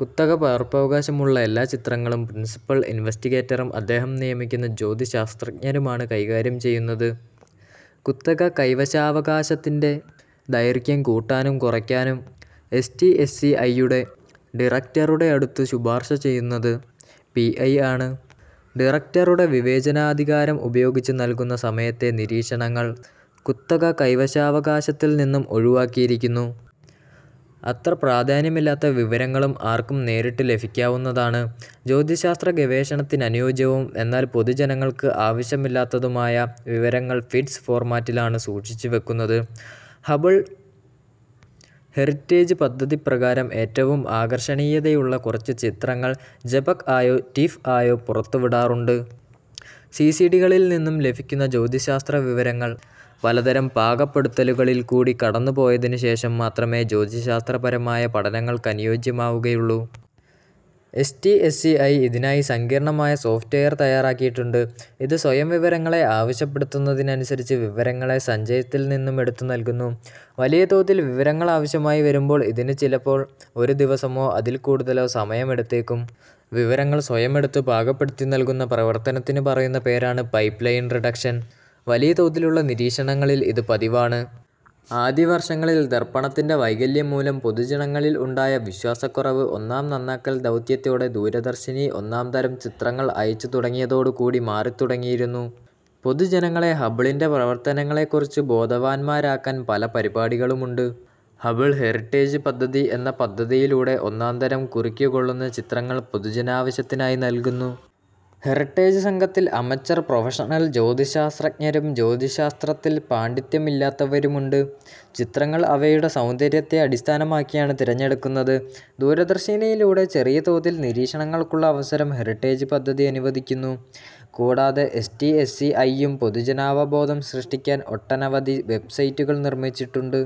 കുത്തകപകർപ്പവകാശമുള്ള എല്ലാ ചിത്രങ്ങളും പ്രിൻസിപൽ ഇൻവെസ്റ്റിഗേറ്ററും അദ്ദേഹം നിയമിക്കുന്ന ജ്യോതിശാസ്ത്രജ്ഞരും ആണ് കൈകാര്യം ചെയ്യുന്നത്. കുത്തക കൈവശാവകാശത്തിന്റെ ദൈർഘ്യം കൂട്ടാനും കുറക്കാനും S. T. S. C. I. യുടെ ഡിറക്റ്ററുടെ അടുത്ത് ശുപാർശ ചെയ്യുന്നത് പി. ഐ. ആണ്. ഡിറക്റ്ററുടെ വിവേചനാധികാരം ഉപയോഗിച്ച് നൽകുന്ന സമയത്തെ നിരീക്ഷണങ്ങൾ കുത്തക കൈവശാവകാശത്തിൽ നിന്നും ഒഴിവാക്കിയിരിക്കുന്നു. അത്ര പ്രാധാന്യമില്ലാത്ത വിവരങ്ങളും ആർക്കും നേരിട്ട് ലഭിക്കാവുന്നതാണ്. ജ്യോതിശാസ്ത്രഗവേഷണത്തിനനുയോജ്യവും എന്നാൽ പൊതുജനങ്ങൾക്ക് ആവശ്യമില്ലാത്തതുമായ വിവരങ്ങൾ ഫിറ്റ്സ് ഫോർമാറ്റിൽ ആണ് സൂക്ഷിച്ചു വെക്കുന്നത്. ഹബിൾ ഹെറിറ്റേജ് പദ്ധതി പ്രകാരം ഏറ്റവും ആകർഷണീയതയുള്ള കുറച്ചുചിത്രങ്ങൾ ജെപെഗ് ആയോ റ്റിഫ് ആയോ പുറത്തുവിടാറുണ്ട്. സി. സി. ഡി. കളിൽ നിന്നും ലഭിക്കുന്ന ജ്യോതിശാസ്ത്ര വിവരങ്ങൾ പലതരം പാകപ്പെടുത്തലുകളിൽ കൂടി കടന്നു പോയതിനു ശേഷം മാത്രമേ ജ്യോതിശാസ്ത്രപരമായ പഠനങ്ങൾക്കനുയോജ്യമാവുകയുള്ളൂ. S. T. S. C. I. ഇതിനായി സങ്കീർണ്ണമായ സോഫ്റ്റ്വെയർ തയ്യാറാക്കിയിട്ടുണ്ട്, ഇത് സ്വയം വിവരങ്ങളെ ആവശ്യപ്പെടുന്നതനുസരിച്ച് വിവരങ്ങളെ സഞ്ചയത്തിൽ നിന്നുമെടുത്ത് നൽകുന്നു. വലിയതോതിൽ വിവരങ്ങൾ ആവശ്യമായി വരുമ്പോൾ ഇതിന് ചിലപ്പോൾ ഒരു ദിവസമോ അതിൽ കൂടുതലോ സമയം എടുത്തേക്കും. വിവരങ്ങൾ സ്വയം എടുത്ത് പാകപ്പെടുത്തി നൽകുന്ന പ്രവർത്തനത്തിനു പറയുന്ന പേരാണ് 'പൈപ്പ്ലൈൻ റിഡക്ഷൻ', വലിയ തോതിലുള്ള നിരീക്ഷണങ്ങളിൽ ഇത് പതിവാണ്. ആദ്യ വർഷങ്ങളിൽ ദർപ്പണത്തിന്റെ വൈകല്യം മൂലം പൊതുജനങ്ങളിൽ ഉണ്ടായ വിശ്വാസക്കുറവ് ഒന്നാം നന്നാക്കൽ ദൗത്യത്തോടെ ദൂരദർശിനി ഒന്നാം തരം ചിത്രങ്ങൾ അയച്ചു തുടങ്ങിയതോടു കൂടി മാറിത്തുടങ്ങിയിരുന്നു. പൊതുജനങ്ങളെ ഹബിളിന്റെ പ്രവർത്തനങ്ങളെ കുറിച്ച് ബോധവാന്മാരാക്കാൻ പല പരിപാടികളുമുണ്ട്. ഹബിൾ ഹെറിട്ടേജ് പദ്ധതി എന്ന പദ്ധതിയിലൂടെ ഒന്നാംതരം കുറിക്കുകൊള്ളുന്ന ചിത്രങ്ങൾ പൊതുജനാവശ്യത്തിനായി നൽകുന്നു. ഹെറിട്ടേജ് സംഘത്തിൽ അമെച്ചെർ, പ്രൊഫഷണൽ ജ്യോതിശാസ്ത്രജ്ഞരും ജ്യോതിശാസ്തത്തിൽ പാണ്ഡിത്യം ഇല്ലാത്തവരുമുണ്ട്. ചിത്രങ്ങൾ അവയുടെ സൌന്ദര്യത്തെ അടിസ്ഥാനമാക്കിയാണ് തിരഞ്ഞെടുക്കുന്നത്. ദൂരദർശിനിയിലൂടെ ചെറിയ തോതിൽ നിരീക്ഷണങ്ങൾക്കുള്ള അവസരങ്ങളും ഹെറിട്ടേജ് പദ്ധതി അനുവദിക്കുന്നു. കൂടാതെ S. T. S. C. I യും പൊതുജനാവബോധം സൃഷ്ടിക്കാൻ ഒട്ടനവധി വെബ്സൈറ്റുകൾ നിർമ്മിച്ചിട്ടുണ്ട്.